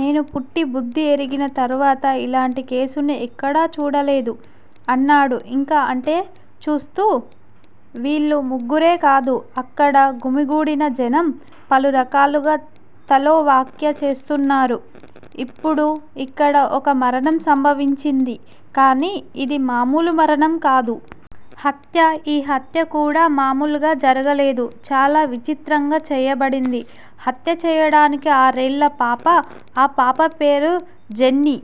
నేను పుట్టి బుద్ధి ఎరిగిన తరువాత, ఇలాంటి కేసుని ఎక్కడా చూడలేదు అన్నాడు ఇంకా అటే చూస్తూ. వీళ్ళు ముగ్గురే కాదు. అక్కడ గుమికూడిన జనం, పలు రకాలుగా తలో వ్యాఖ్య చేస్తున్నారు. ఇప్పుడు ఇక్కడ, ఒక మరణం సంభవించింది. కానీ, ఇది మామూలు మరణం కాదు. హత్య. ఈ హత్య కూడా మామూలుగా జరగలేదు. చాలా విచిత్రంగా చేయబడింది. హత్య చేయడానికి ఆరేళ్ళ పాప. ఆ పాప పేరు జెన్నీ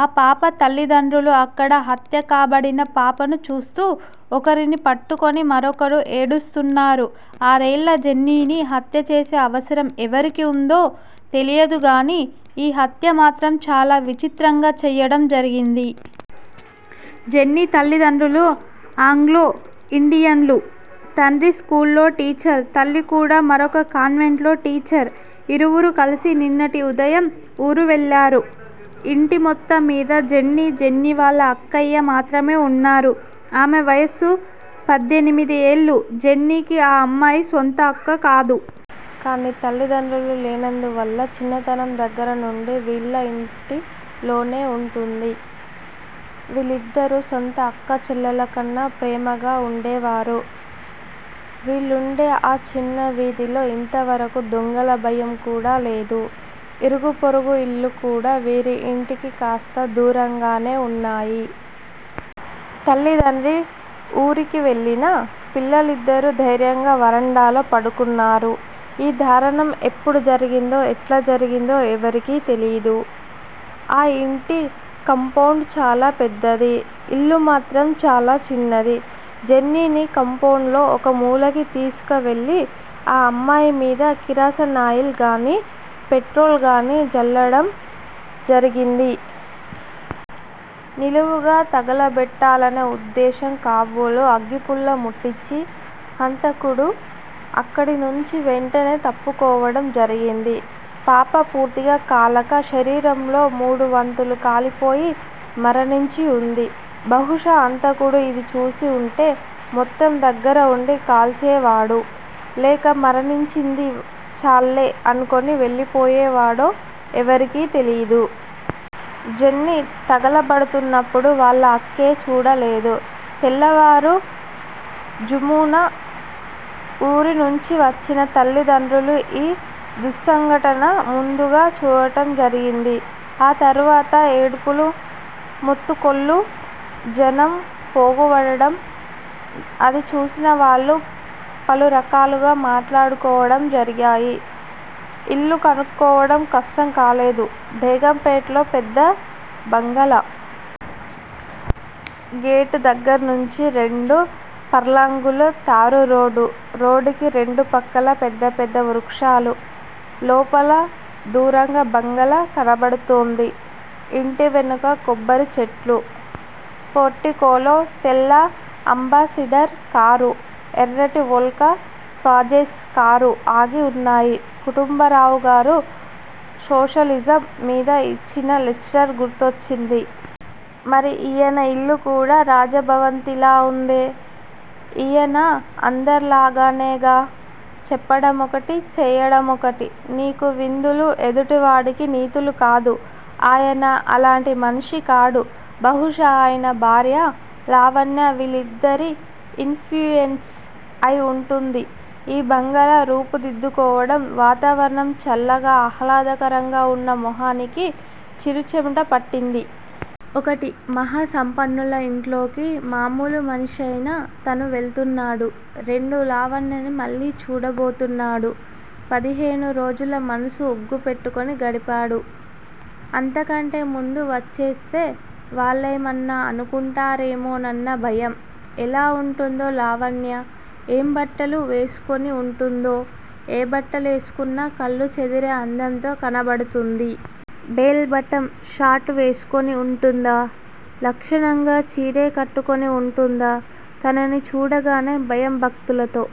ఆ పాప తల్లితండ్రులు, అక్కడ హత్యకాబడిన పాపను చూస్తూ, ఒకరిని పట్టుకుని మరొకరు ఏడుస్తున్నారు. ఆరేళ్ళ జెన్నీని, హత్యచేసే అవసరం ఎవరికి వుందో తెలియదు గానీ, ఈ హత్యమాత్రం చాలా విచిత్రంగా చెయ్యడం జరిగింది. జెన్నీ తల్లితండ్రులు ఆంగ్లో యిండియన్లు. తండ్రి స్కూల్లో టీచరు. తల్లి కూడా మరొక కాన్వెంట్ లో టీచర్. ఇరువురూ కలిసి నిన్నటి ఉదయం వూరు వెళ్ళారు. ఇంటి మొత్తంమీద జెన్నీ, జెన్నీ వాళ్ళ అక్కయ్య మాత్రమే ఉన్నారు. ఆమె వయస్సు పద్దెనిమిది ఏళ్లు. జెన్నీకి ఆ అమ్మాయి సొంత అక్క కాదు. కానీ తల్లిదండ్రులు లేనందువల్ల చిన్నతనం దగ్గర నుండీ వీళ్ళ ఇంటిలోనే వుంటోంది. విళ్లిద్దరూ సొంత అక్కాచెల్లెళ్ళ కన్నా ప్రేమగా వుండేవారు. వీళ్ళుండే ఆ చిన్న వీధిలో ఇంతవరకూ దొంగల భయం కూడా లేదు. ఇరుగూ పొరుగూ ఇళ్లు కూడా వీరి ఇంటికి కాస్త దూరంగానే వున్నాయి. తల్లీ తండ్రీ వూరికి వెళ్లినా పిల్లలిద్దరూ ధైర్యంగా వరండాలో పడుకున్నారు. ఈ దారుణం ఎప్పుడు జరిగిందో, ఎట్లా జరిగిందో ఎవరికీ తెలియదు. ఆ యింటి కాంపౌండ్ చాలా పెద్దది. ఇల్లు మాత్రం చాలా చిన్నది. జెన్నీని కాంపౌండ్ లో ఒక మూలకి తీసుకవెళ్ళి ఆ అమ్మాయి మీద కిరసనాయిల్ గానీ, పెట్రోలుగానీ, జల్లడం జరిగింది. నిలువునా తగలబెట్టాలనే ఉద్దేశం కాబోలు అగ్గిపుల్ల ముట్టించి హంతకుడు అక్కడి నుంచీ వెంటనే తప్పుకోవడం జరిగింది. పాప పూర్తిగా కాలక, శరీరంలో మూడువంతులు కాలిపోయి మరణించి వుంది. బహుశా హంతకుడు ఇదిచూసి వుంటే మొత్తం దగ్గర వుండి కాల్చేవాడు, లేక మరణించింది చాల్లే అనుకుని వెళ్ళిపోయేవాడో ఎవరికీ తెలియదు. జెన్నీ తగలబడుతున్నపుడు వాళ్ల అక్కే చూడలేదు. తెల్లవారు ఝామున వూరినుంచీ వచ్చిన తల్లిదండ్రులు ఈ దుస్సంఘటన ముందుగా చూడటం జరిగింది. ఆ తరువాత ఏడుపులూ మొత్తుకోళ్లూ, జనం పోగువడటం అది చూసినవాళ్ళు పలురకాలుగా మాట్లాడుకోవడం జరిగాయి. ఇల్లు కనుక్కోవడం కష్టం కాలేదు. బేగంపేటలో పెద్ద బంగాళా. గేటు దగ్గర్నుంచి రెండు ఫర్లాంగులు తారు రోడ్డు. రోడ్డుకి రెండు పక్కలా పెద్ద పెద్ద వృక్షాలు. లోపల దూరంగా బంగాళా కనబడుతోంది. ఇంటి వెనక కొబ్బరి చెట్లు. పోర్టికోలో తెల్ల అంబాసిడర్ కారూ, ఎర్రటి వోల్క స్వాజేస్ కారూ ఆగి వున్నాయి. కుటుంబరావుగారు సోషలిజం మీద ఇచ్చిన లెక్చర్ గుర్తొచ్చింది. మరి ఈయన ఇల్లు కూడా రాజభవంతిలా ఉందే! ఈయనా అందర్లాగానేగా? చెప్పడమొకటి, చెయ్యడమొకటి, నీకు విందులు, ఎదుటి వాడికి నీతులు. కాదు! అయన అలాంటి మనిషి కాడు, బహుశా ఆయన భార్యా, లావణ్యా వీళ్ళిద్దరి ఇన్ ఫ్లూయేన్సు అయి వుంటుంది ఈ బంగాళా రూపుదిద్దుకోవడం. వాతావరణం చల్లగా, ఆహ్లాదకరంగా ఉన్నా మొహానికి చిరుచెమట పట్టింది. ఒకటి మహా సంపన్నుల ఇంట్లోకి మాములు మనిషైన తను వెళ్తున్నాడు. రెండు లావణ్యని మళ్ళీ చూడబోతున్నాడు. పదిహేను రోజులు మనసు ఉగ్గబెట్టుకొని గడిపాడు, అంతకంటే ముందు వచ్చేస్తే వాళ్ళేమన్నా అనుకుంటారేమో నన్న భయం. ఎలా వుంటుందో లావణ్య ఏం బట్టలు వేసుకుని ఉంటుందో! ఏ బట్టలేసుకున్నా కళ్ళు చెదిరే అందంతో కనబడుతుంది. బెల్ బాటమ్ షర్టు వేసుకుని ఉంటుందా? లక్షణంగా చీరే కట్టుకుని వుంటుందా? తనని చూడగానే భయంభక్తులతో